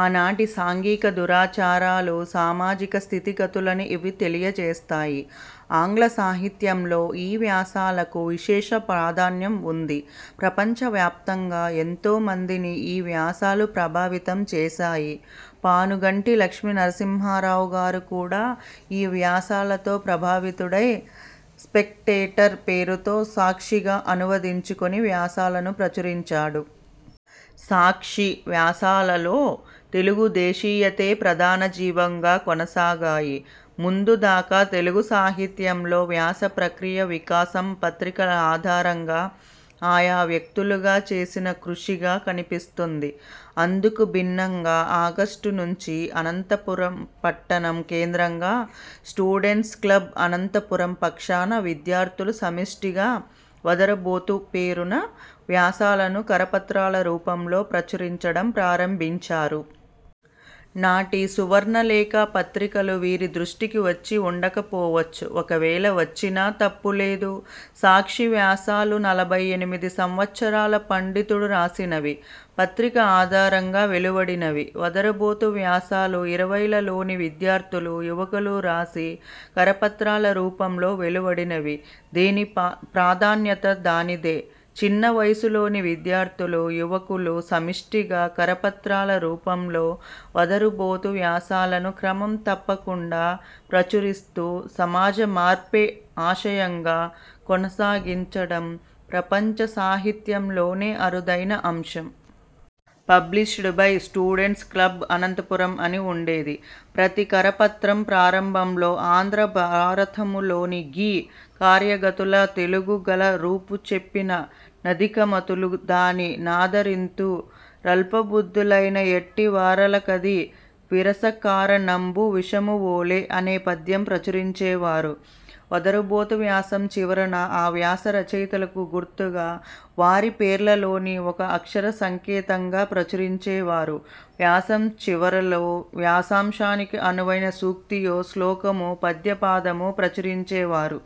ఆనాటి సాంఘిక దురాచారాలు, సామాజిక స్థితిగతులను ఇవి తెలియజేస్తాయి. ఆంగ్ల సాహిత్యంలో ఈ వ్యాసాలకు విశేష ప్రాధాన్యం ఉంది. ప్రపంచ వ్యాప్తంగా ఎంతో మందిని ఈ వ్యాసాలు ప్రభావితం చేశాయి. పానుగంటి లక్ష్మీనరసింహారావు గారు కూడా ఈ వ్యాసాలతో ప్రభావితుడై 'స్పెక్టేటర్' పేరునే 'సాక్షి'గా అనువదించుకొని వ్యాసాలను ప్రచురించాడు. 'సాక్షి వ్యాసాల'లో తెలుగు దేశీయతే ప్రధాన జీవంగా కొనసాగాయి. ముందు దాకా తెలుగు సాహిత్యంలో వ్యాసప్రక్రియ వికాసం పత్రికల ఆధారంగా ఆయా వ్యక్తులుగా చేసిన కృషిగా కనిపిస్తుంది. అందుకు భిన్నంగా ఆగస్టు నుంచి అనంతపురం పట్టణం కేంద్రంగా 'స్టూడెంట్స్ క్లబ్ అనంతపురం' పక్షాన విద్యార్థులు సమిష్టిగా 'వదరుఁబోతు' పేరున వ్యాసాలను కరపత్రాల రూపంలో ప్రచురించడం ప్రారంభించారు. నాటి 'సువర్ణలేఖ' పత్రికలు వీరి దృష్టికి వచ్చి వుండకపోవచ్చు. ఒకవేళ వచ్చినా తప్పులేదు. 'సాక్షివ్యాసాలు' నలభైఎనిమిది సంవత్సరాల పండితుడు రాసినవి, పత్రిక ఆధారంగా వెలువడినవి. 'వదరుఁబోతు' వ్యాసాలు ఇరవైలలోని విద్యార్థులు, యువకులు రాసి కరపత్రాల రూపంలో వెలువడినవి. దేని ప్రాధాన్యత దానిదే! చిన్నవయసులోని విద్యార్థులు, యువకులు సమిష్టిగా కరపత్రాల రూపంలో 'వదరుఁబోతు' వ్యాసాలను క్రమం తప్పకుండా ప్రచురిస్తూ సమాజమార్పే ఆశయంగా కొనసాగించడం ప్రపంచ సాహిత్యంలోనే అరుదైన అంశం. 'Published by students club Anantapuram' అని ఉండేది. ప్రతి కరపత్రం ప్రారంభంలో ఆంధ్రభారతములోని గీ ''కార్యగతుల తెఱఁగు గలరూపుచెప్పిన/ నధికమతులు దాని నాదరింతు / రల్పబుద్ధులైన యట్టివారలకది/ విరసకారణంబు విషము వోలె'' అనే పద్యం ప్రచురించేవారు. వదరుఁబోతు వ్యాసం చివరన ఆ వ్యాస రచయితలకు గుర్తుగా వారి పేర్లలోని ఒక అక్షరం సంకేతంగా ప్రచురించేవారు. వ్యాసం చివరలో వ్యాసాంశానికి అనువైన సూక్తియో, శ్లోకమో, పద్యపాదమో ప్రచురించేవారు.